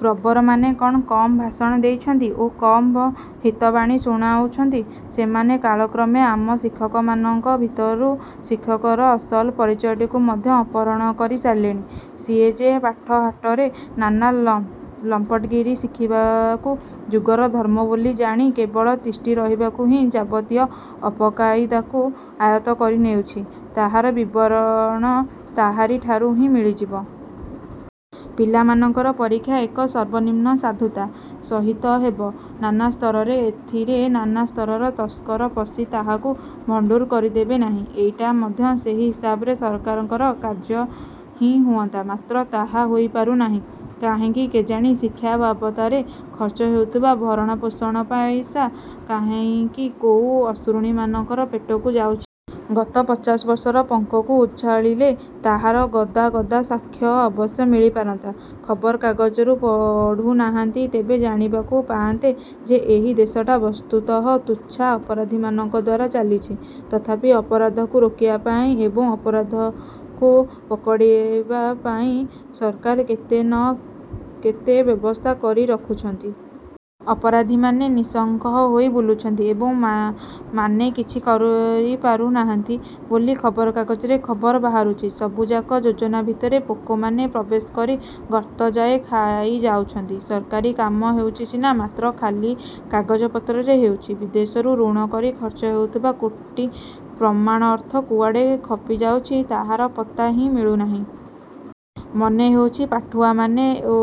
ପ୍ରବରମାନେ କଣ କମ୍ ଭାଷଣ ଦେଉଛନ୍ତି ଓ କମ୍ ହିତବାଣୀ ଶୁଣାଉଛନ୍ତି? ସେମାନେ କାଳକ୍ରମେ ଆମ ଶିକ୍ଷକମାନଙ୍କ ଭିତରୁ ଶିକ୍ଷକର ଅସଲ ପରିଚୟଟିକୁ ମଧ୍ୟ ଅପହରଣ କରି ସାରିଲେଣି। ସିଏ ଯେ ପାଠ ହାଟରେ ନାନା ଲମ୍ପଟଗିରି ଶିଖିବାକୁ ଯୁଗର ଧର୍ମ ବୋଲି ଜାଣି କେବଳ ତିଷ୍ଠି ରହିବାକୁ ହିଁ ଯାବତୀୟ ଅପକାଇଦାକୁ ଆୟତ୍ତ କରିନେଉଛି ତାହାର ବିବରଣ ତାହାରି ଠାରୁ ହିଁ ମିଳିଯିବ। ପିଲାମାନଙ୍କର ପରୀକ୍ଷା ଏକ ସର୍ବନିମ୍ନ ସାଧୁତା ସହିତ ହେବ, ନାନା ସ୍ତରରେ ଏଥିରେ ନାନା ସ୍ତରର ତସ୍କର ପଶି ତାହାକୁ ଭଣ୍ଡୁର କରିଦେବେ ନାହିଁ ,ଏଇଟା ମଧ୍ୟ ସେହି ହିସାବରେ ସରକାରଙ୍କର କାର୍ଯ୍ୟ ହିଁ ହୁଅନ୍ତା। ମାତ୍ର ତାହା ହୋଇପାରୁନାହିଁ କାହିଁକି କେଜାଣି? ଶିକ୍ଷା ବାବତରେ ଖର୍ଚ୍ଚ ହେଉଥିବା ଭରଣପୋଷଣ ପଇସା କାହିଁକି କୋଉ ଅସୁରୁଣୀମାନଙ୍କର ପେଟକୁ ଯାଇଛି। ଗତ ପଚାଶବର୍ଷର ପଙ୍କକୁ ଉଝାଳିଲେ ତାହାର ଗଦା ଗଦା ସାକ୍ଷ୍ୟ ଅବଶ୍ୟ ମିଳିପାରନ୍ତା। ଖବରକାଗଜରୁ ପଢୁନାହାନ୍ତି ତେବେ ଜାଣିବାକୁ ପାଆନ୍ତେ ଯେ ଏହି ଦେଶଟା ବସ୍ତୁତଃ ତୁଚ୍ଛା ଅପରାଧୀମାନଙ୍କ ଦ୍ୱାରା ଚାଲିଛି। ତଥାପି ଅପରାଧକୁ ରୋକିବା ପାଇଁ ଏବଂ ଅପରାଧକୁ ପକଡ଼ିବା ପାଇଁ ସରକାର କେତେ ନା କେତେ ବ୍ୟବସ୍ଥା କରି ରଖିଛନ୍ତି। ଅପରାଧୀମାନେ ନିଃଶଙ୍କ ହୋଇ ବୁଲୁଛନ୍ତି ଏବଂ ମାନେ କିଛି କରିପାରୁ ନାହାନ୍ତି ବୋଲି ଖବରକାଗଜରେ ଖବର ବାହାରୁଛି। ସବୁଯାକ ଯୋଜନା ଭିତରେ ପୋକମାନେ ପ୍ରବେଶ କରି ଗର୍ତ୍ତଯାଏ ଖାଇଯାଉଛନ୍ତି। ସରକାରୀ କାମ ହେଉଛି ସିନା ମାତ୍ର ଖାଲି କାଗଜପତ୍ରରେ ହେଉଛି। ବିଦେଶରୁ ଋଣ କରି ଖର୍ଚ୍ଚ ହେଉଥିବା କୋଟି ପ୍ରମାଣ ଅର୍ଥ କୁଆଡ଼େ ଖପିଯାଉଛି ତାହାର ପତ୍ତା ହିଁ ମିଳୁନାହିଁ। ମନେ ହେଉଛି, ପାଠୁଆମାନେ ଓ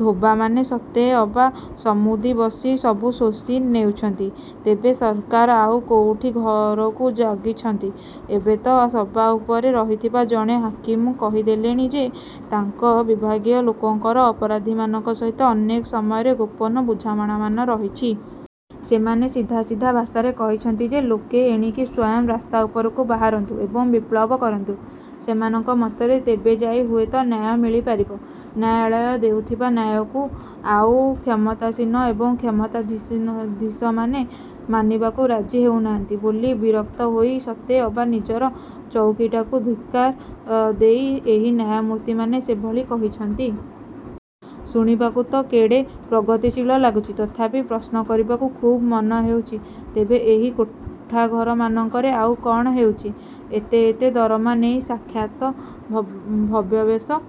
ଧୋବାମାନେ ସତେ ଅବା ସମୁଦି ବସି ସବୁ ଶୋଷି ନେଉଛନ୍ତି। ତେବେ ସରକାର ଆଉ କୋଉଠି ଘରକୁ ଜଗିଛନ୍ତି? ଏବେ ତ ସବା ଉପରେ ରହିଥିବା ଜଣେ ହାକିମ କହିଦେଲେଣି ଯେ ତାଙ୍କ ବିଭାଗୀୟ ଲୋକଙ୍କର ଅପରାଧୀମାନଙ୍କ ସହିତ ଅନେକ ସମୟରେ ଗୋପନ ବୁଝାମଣାମାନ ରହିଛି। ସେମାନେ ସିଧା ସିଧା ଭାଷାରେ କହିଛନ୍ତି ଯେ, ଲୋକେ ଏଣିକି ସ୍ଵୟଂ ରାସ୍ତା ଉପରକୁ ବାହାରନ୍ତୁ ଏବଂ ବିପ୍ଳବ କରନ୍ତୁ। ସେମାନଙ୍କ ମତରେ ତେବେ ଯାଇ ହୁଏତ ନ୍ୟାୟ ମିଳିପାରିବ। ନ୍ୟାୟାଳୟ ଦେଉଥିବା ନ୍ୟାୟକୁ ଆଉ କ୍ଷମତାସୀନ ଏବଂ କ୍ଷମତାଧୀଶମାନେ ମାନିବାକୁ ରାଜି ହେଉନାହାନ୍ତି ବୋଲି ବିରକ୍ତ ହୋଇ ସତେ ଅବା ନିଜର ଚଉକିଟାକୁ ଧିକ୍କାର ଦେଇ ଏହି ନ୍ୟାୟମୂର୍ତ୍ତିମାନେ ସେଭଳି କହିଛନ୍ତି। ଶୁଣିବାକୁ ତ କେଡ଼େ ପ୍ରଗତିଶୀଳ ଲାଗୁଛି। ତଥାପି ପ୍ରଶ୍ନ କରିବାକୁ ଖୁବ୍ ମନ ହେଉଛି, ତେବେ ଏହି କୋଠାଘରମାନଙ୍କରେ ଆଉ କଣ ହେଉଛି? ଏତେ ଏତେ ଦରମା ନେଇ ସାକ୍ଷାତ ଭବ୍ୟବେଶ